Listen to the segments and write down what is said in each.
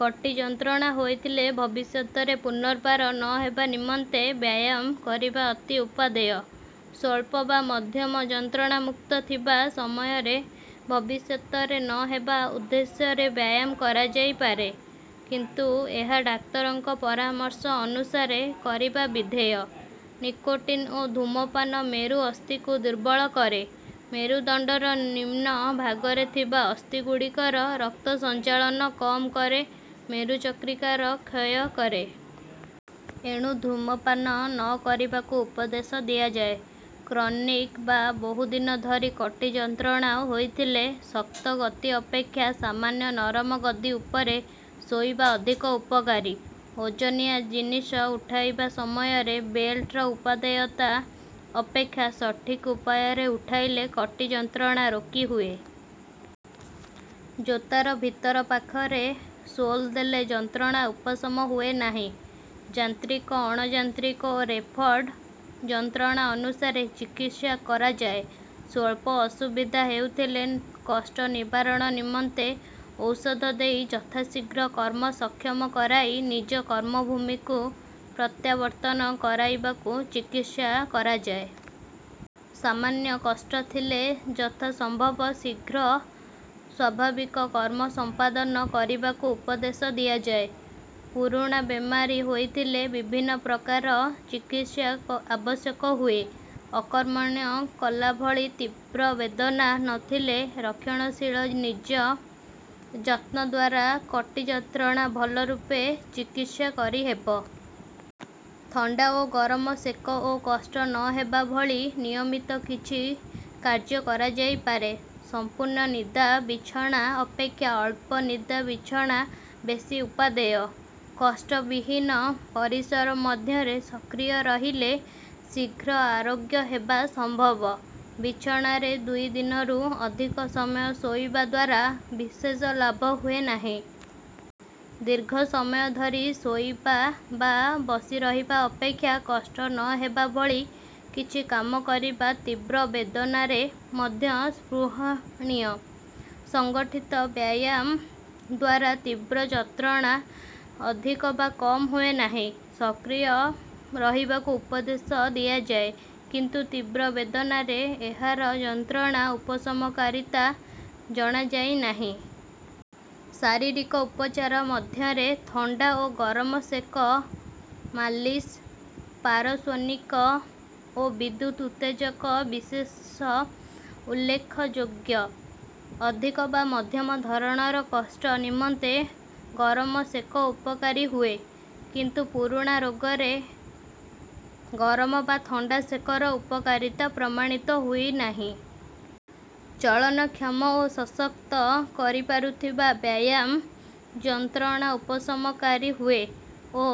କଟି ଯନ୍ତ୍ରଣା ହୋଇଥିଲେ ଭବିଷ୍ୟତରେ ପୁନର୍ବାର ନ ହେବା ନିମନ୍ତେ ବ୍ୟାୟାମ କରିବା ଅତି ଉପାଦେୟ। ସ୍ୱଳ୍ପ ବା ମଧ୍ୟମ ଯନ୍ତ୍ରଣାମୁକ୍ତ ଥିବା ସମୟରେ ଭବିଷ୍ୟତରେ ନ ହେବା ଉଦ୍ଦେଶ୍ୟରେ ବ୍ୟାୟାମ କରାଯାଇ ପାରେ, କିନ୍ତୁ ଏହା ଡାକ୍ତରଙ୍କ ପରାମର୍ଶ ଅନୁସାରେ କରିବା ବିଧେୟ। ନିକୋଟିନ୍ ଓ ଧୂମପାନ ମେରୁ ଅସ୍ଥିକୁ ଦୁର୍ବଳ କରେ, ମେରୁଦଣ୍ଡର ନିମ୍ନ ଭାଗରେ ଥିବା ଅସ୍ଥିଗୁଡିକର ରକ୍ତ ସଞ୍ଚାଳନ କମ୍ କରେ, ମେରୁ ଚକ୍ରିକାର କ୍ଷୟ କରେ। ଏଣୁ ଧୂମପାନ ନ କରିବାକୁ ଉପଦେଶ ଦିଆଯାଏ। କ୍ରନିକ୍ ବା ବହୁଦିନ ଧରି କଟି ଯନ୍ତ୍ରଣା ହୋଇଥିଲେ ଶକ୍ତ ଗଦି ଅପେକ୍ଷା ସାମାନ୍ୟ ନରମ ଗଦି ଉପରେ ଶୋଇବା ଅଧିକ ଉପକାରୀ। ଓଜନିଆ ଜିନିଷ ଉଠାଇବା ସମୟରେ ବେଲ୍ଟର ଉପାଦେୟତା ଅପେକ୍ଷା ସଠିକ୍ ଉପାୟରେ ଉଠାଇଲେ କଟି ଯନ୍ତ୍ରଣା ରୋକିହୁଏ। ଜୋତାର ଭିତର ପାଖରେ ସୋଲ୍ ଦେଲେ ଯନ୍ତ୍ରଣା ଉପଶମ ହୁଏ ନାହିଁ। ଯାନ୍ତ୍ରିକ, ଅଣଯାନ୍ତ୍ରିକ ଓ ରେଫର୍ଡ ଯନ୍ତ୍ରଣା ଅନୁସାରେ ଚିକିତ୍ସା କରାଯାଏ। ସ୍ୱଳ୍ପ ଅସୁବିଧା ହେଉଥିଲେ କଷ୍ଟ ନିବାରଣ ନିମନ୍ତେ ଔଷଧ ଦେଇ ଯଥାଶୀଘ୍ର କର୍ମ ସକ୍ଷମ କରାଇ ନିଜ କର୍ମଭୂମିକୁ ପ୍ରତ୍ୟାବର୍ତ୍ତନ କରାଇବାକୁ ଚିକିତ୍ସା କରାଯାଏ। ସାମାନ୍ୟ କଷ୍ଟ ଥିଲେ ଯଥା ସମ୍ଭବ ଶୀଘ୍ର ସ୍ୱାଭାବିକ କର୍ମ ସମ୍ପାଦନ କରିବାକୁ ଉପଦେଶ ଦିଆଯାଏ। ପୁରୁଣା ବେମାରୀ ହୋଇଥିଲେ ବିଭିନ୍ନ ପ୍ରକାର ଚିକିତ୍ସା ଆବଶ୍ୟକ ହୁଏ। ଅକର୍ମଣ୍ୟ କଲା ଭଳି ତୀବ୍ର ବେଦନା ନ ଥିଲେ ରକ୍ଷଣଶୀଳ ନିଜ ଯତ୍ନ ଦ୍ୱାରା କଟି ଯନ୍ତ୍ରଣା ଭଲ ରୂପେ ଚିକିତ୍ସା କରି ହେବ। ଥଣ୍ଡା ଓ ଗରମ ସେକ ଓ କଷ୍ଟ ନ ହେବା ଭଳି ନିୟମିତ କିଛି କାର୍ଯ୍ୟ କରାଯାଇପାରେ। ସମ୍ପୂର୍ଣ୍ଣ ନିଦା ବିଛଣା ଅପେକ୍ଷା ଅଳ୍ପ ନିଦା ବିଛଣା ବେଶୀ ଉପାଦେୟ। କଷ୍ଟ ବିହୀନ ପରିସର ମଧ୍ୟରେ ସକ୍ରିୟ ରହିଲେ ଶୀଘ୍ର ଆରୋଗ୍ୟ ହେବା ସମ୍ଭବ। ବିଛଣାରେ ଦୁଇ ଦିନରୁ ଅଧିକ ସମୟ ଶୋଇବା ଦ୍ୱାରା ବିଶେଷ ଲାଭ ହୁଏ ନାହିଁ। ଦୀର୍ଘ ସମୟ ଧରି ଶୋଇବା ବା ବସି ରହିବା ଅପେକ୍ଷା କଷ୍ଟ ନ ହେବା ଭଳି କିଛି କାମ କରିବା ତୀବ୍ର ବେଦନାରେ ମଧ୍ୟ ସ୍ପୃହଣୀୟ। ସଂଗଠିତ ବ୍ୟାୟାମ ଦ୍ୱାରା ତୀବ୍ର ଯନ୍ତ୍ରଣା ଅଧିକ ବା କମ୍ ହୁଏ ନାହିଁ। ସକ୍ରିୟ ରହିବାକୁ ଉପଦେଶ ଦିଆଯାଏ କିନ୍ତୁ ତୀବ୍ର ବେଦନାରେ ଏହାର ଯନ୍ତ୍ରଣା ଉପଶମକାରୀତା ଜଣାଯାଇ ନାହିଁ। ଶାରୀରିକ ଉପଚାର ମଧ୍ୟରେ ଥଣ୍ଡା ଓ ଗରମ ସେକ, ମାଲିସ୍, ପାରସ୍ୱନିକ ଓ ବିଦ୍ୟୁତ୍ ଉତ୍ତେଜକ ବିଶେଷ ଉଲ୍ଲେଖଯୋଗ୍ୟ। ଅଧିକ ବା ମଧ୍ୟମ ଧରଣର କଷ୍ଟ ନିମନ୍ତେ ଗରମ ସେକ ଉପକାରୀ ହୁଏ, କିନ୍ତୁ ପୁରୁଣା ରୋଗରେ ଗରମ ବା ଥଣ୍ଡା ସେକର ଉପକାରୀତା ପ୍ରମାଣିତ ହୋଇ ନାହିଁ। ଚଳନକ୍ଷମ ଓ ସଶକ୍ତ କରିପାରୁଥିବା ବ୍ୟାୟାମ ଯନ୍ତ୍ରଣା ଉପଶମକାରୀ ହୁଏ ଓ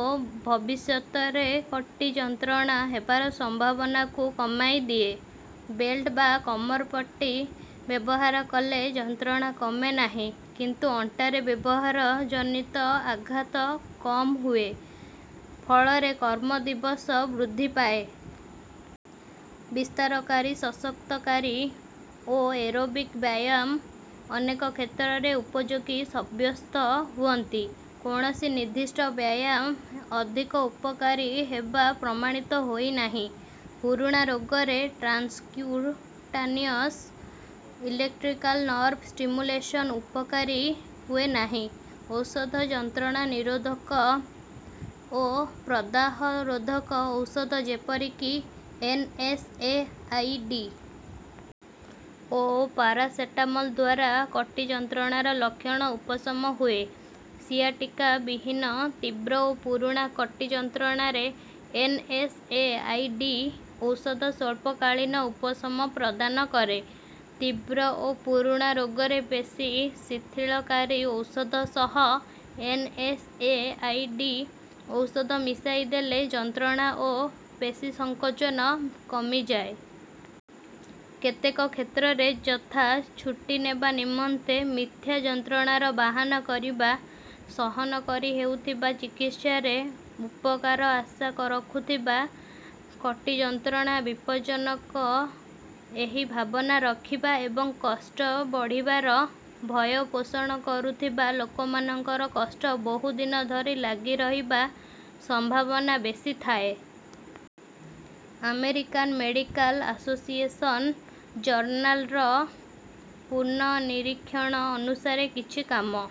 ଭବିଷ୍ୟତରେ କଟି ଯନ୍ତ୍ରଣା ହେବାର ସମ୍ଭାବନାକୁ କମାଇ ଦିଏ। ବେଲ୍ଟ ବା କମରପଟି ବ୍ୟବହାର କଲେ ଯନ୍ତ୍ରଣା କମେ ନାହିଁ କିନ୍ତୁ ଅଣ୍ଟାରେ ବ୍ୟବହାର ଜନିତ ଆଘାତ କମ୍ ହୁଏ, ଫଳରେ କର୍ମ ଦିବସ ବୃଦ୍ଧି ପାଏ। ବିସ୍ତାରକାରୀ, ସଶକ୍ତକାରୀ ଓ ଏରୋବିକ୍ ବ୍ୟାୟାମ ଅନେକ କ୍ଷେତ୍ରରେ ଉପଯୋଗୀ ସବ୍ୟସ୍ତ ହୁଅନ୍ତି। କୌଣସି ନିର୍ଦ୍ଦିଷ୍ଟ ବ୍ୟାୟାମ ଅଧିକ ଉପକାରୀ ହେବା ପ୍ରମାଣିତ ହୋଇ ନାହିଁ। ପୁରୁଣା ରୋଗରେ ଟ୍ରାନ୍ସକ୍ୟୁଟାନିଅସ୍ ଇଲେକ୍ଟ୍ରିକାଲ୍ ନର୍ଭ ଷ୍ଟିମୁଲେସନ୍ ଉପକାରୀ ହୁଏ ନାହିଁ। ଔଷଧ ଯନ୍ତ୍ରଣା ନିରୋଧକ ଓ ପ୍ରଦାହ ରୋଧକ ଔଷଧ ଯେପରିକି ଏନ୍.ଏସ୍.ଏ.ଆଇ.ଡି. ଓ ପାରାସେଟାମୋଲ୍ ଦ୍ୱାରା କଟି ଯନ୍ତ୍ରଣାର ଲକ୍ଷଣ ଉପଶମ ହୁଏ। ସିଆଟିକା ବିହୀନ ତୀବ୍ର ଓ ପୁରୁଣା କଟି ଯନ୍ତ୍ରଣାରେ ଏନ୍.ଏସ୍.ଏ.ଆଇ.ଡି. ଔଷଧ ସ୍ୱଳ୍ପକାଳୀନ ଉପଶମ ପ୍ରଦାନ କରେ। ତୀବ୍ର ଓ ପୁରୁଣା ରୋଗରେ ପେଶୀ ଶିଥିଳକାରୀ ଔଷଧ ସହ ଏନ୍.ଏସ୍.ଏ.ଆଇ.ଡି. ଔଷଧ ମିଶାଇ ଦେଲେ ଯନ୍ତ୍ରଣା ଓ ପେଶୀ ସଙ୍କୋଚନ କମିଯାଏ। କେତେକ କ୍ଷେତ୍ରରେ ଯଥା ଛୁଟି ନେବା ନିମନ୍ତେ ମିଥ୍ୟା ଯନ୍ତ୍ରଣାର ବାହାନା କରିବା, ସହନ କରି ହେଉଥିବା ଚିକିତ୍ସାରେ ଉପକାର ଆଶା ରଖୁଥିବା, କଟି ଯନ୍ତ୍ରଣା ବିପଜ୍ଜନକ ଏହି ଭାବନା ରଖିବା, ଏବଂ କଷ୍ଟ ବଢ଼ିବାର ଭୟ ପୋଷଣ କରୁଥିବା ଲୋକମାନଙ୍କର କଷ୍ଟ ବହୁଦିନ ଧରି ଲାଗି ରହିବା ସମ୍ଭାବନା ବେଶୀ ଥାଏ। ଆମେରିକାନ୍ ମେଡିକାଲ୍ ଆସୋସିଏସନ୍ ଜର୍ନାଲ୍ ର ପୁନଃ ନିରୀକ୍ଷଣ ଅନୁସାରେ କିଛି କାମ